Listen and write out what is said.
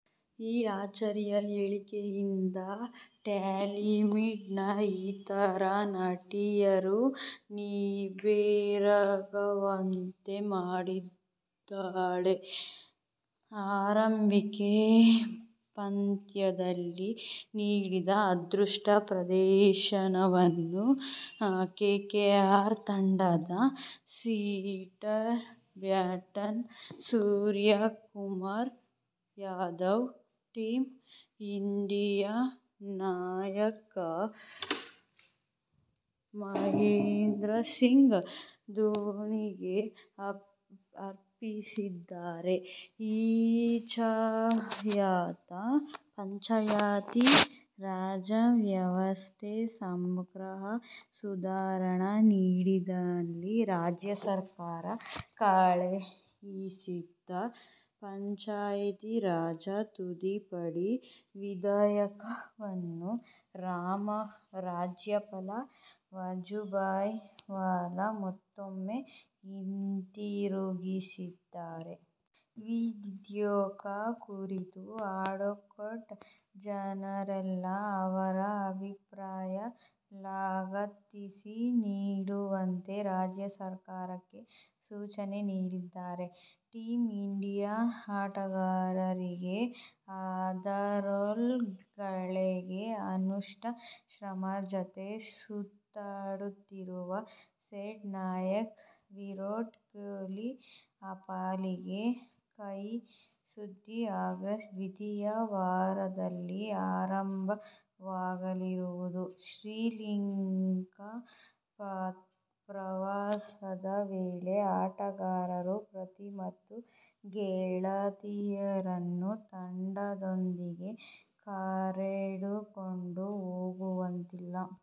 ಈ ಅಚ್ಚರಿಯ ಹೇಳಿಕೆಯಿಂದ ಟಾಲಿವುಡ್ ನ ಇತರೆ ನಟಿಯರು ನಿಬ್ಬೆರಗಾಗುವಂತೆ ಮಾಡಿದ್ದಾಳೆ. ಐಪಿಎಲ್ ಆರಂಭಿಕ ಪಂದ್ಯದಲ್ಲಿ ನೀಡಿದ ಅದ್ಭುತ ಪ್ರದರ್ಶನವನ್ನು ಕೆಕೆಆರ್ ತಂಡದ ಸ್ಫೋಟಕ batsman Suryakumar Yadav team India ನಾಯಕ ಮಹೇಂದ್ರ ಸಿಂಗ್ ಧೋನಿಗೆ ಅರ್ಪಿಸಿದ್ದಾರೆ. ಪಂಚಾಯತ ರಾಜ್ ವ್ಯವಸ್ಥೆಯ ಸಮಗ್ರ ಸುಧಾರಣೆ ನಿಟ್ಟಿನಲ್ಲಿ ರಾಜ್ಯ ಸರ್ಕಾರ ಕಳುಹಿಸಿದ್ದ "ಪಂಚಾಯತ ರಾಜ್ ತಿದ್ದುಪಡಿ ವಿಧೇಯಕ'ವನ್ನು ರಾಜ್ಯಪಾಲ ವಜುಭಾಯಿ ವಾಲಾ ಮತ್ತೂಮ್ಮೆ ಹಿಂತಿರುಗಿಸಿದ್ದಾರೆ. ಈ ವಿಧೇಯಕ ಕುರಿತು ಅಡ್ವೋಕೇಟ್ ಜನರಲ್ ಅವರ ಅಭಿಪ್ರಾಯ ಲಗತ್ತಿಸಿ ನೀಡುವಂತೆ ರಾಜ್ಯ ಸರ್ಕಾರಕ್ಕೆ ಸೂಚನೆ ನೀಡಿದ್ದಾರೆ. ಟೀಮ್ ಇಂಡಿಯಾ ಆಟಗಾರರಿಗೆ, ಅದರಲ್ಲೂ ಗೆಳತಿ ಅನುಷ್ಕಾ ಶರ್ಮಾ ಜತೆ ಸುತ್ತಾಡುತ್ತಿರುವ ಟೆಸ್ಟ್ ನಾಯಕ ವಿರಾಟ್ ಕೊಹ್ಲಿ ಪಾಲಿಗೆ ಕಹಿ ಸುದ್ದಿ. ಆಗಸ್ಟ್ ದ್ವಿತೀಯ ವಾರದಲ್ಲಿ ಆರಂಭವಾಗಲಿರುವ ಶ್ರೀಲಂಕಾ ಪ್ರವಾಸದ ವೇಳೆ ಆಟಗಾರರು ಪತ್ನಿ ಮತ್ತು ಗೆಳತಿಯರನ್ನು ತಂಡದೊಂದಿಗೆ ಕರೆದುಕೊಂಡು ಹೋಗುವಂತಿಲ್ಲ!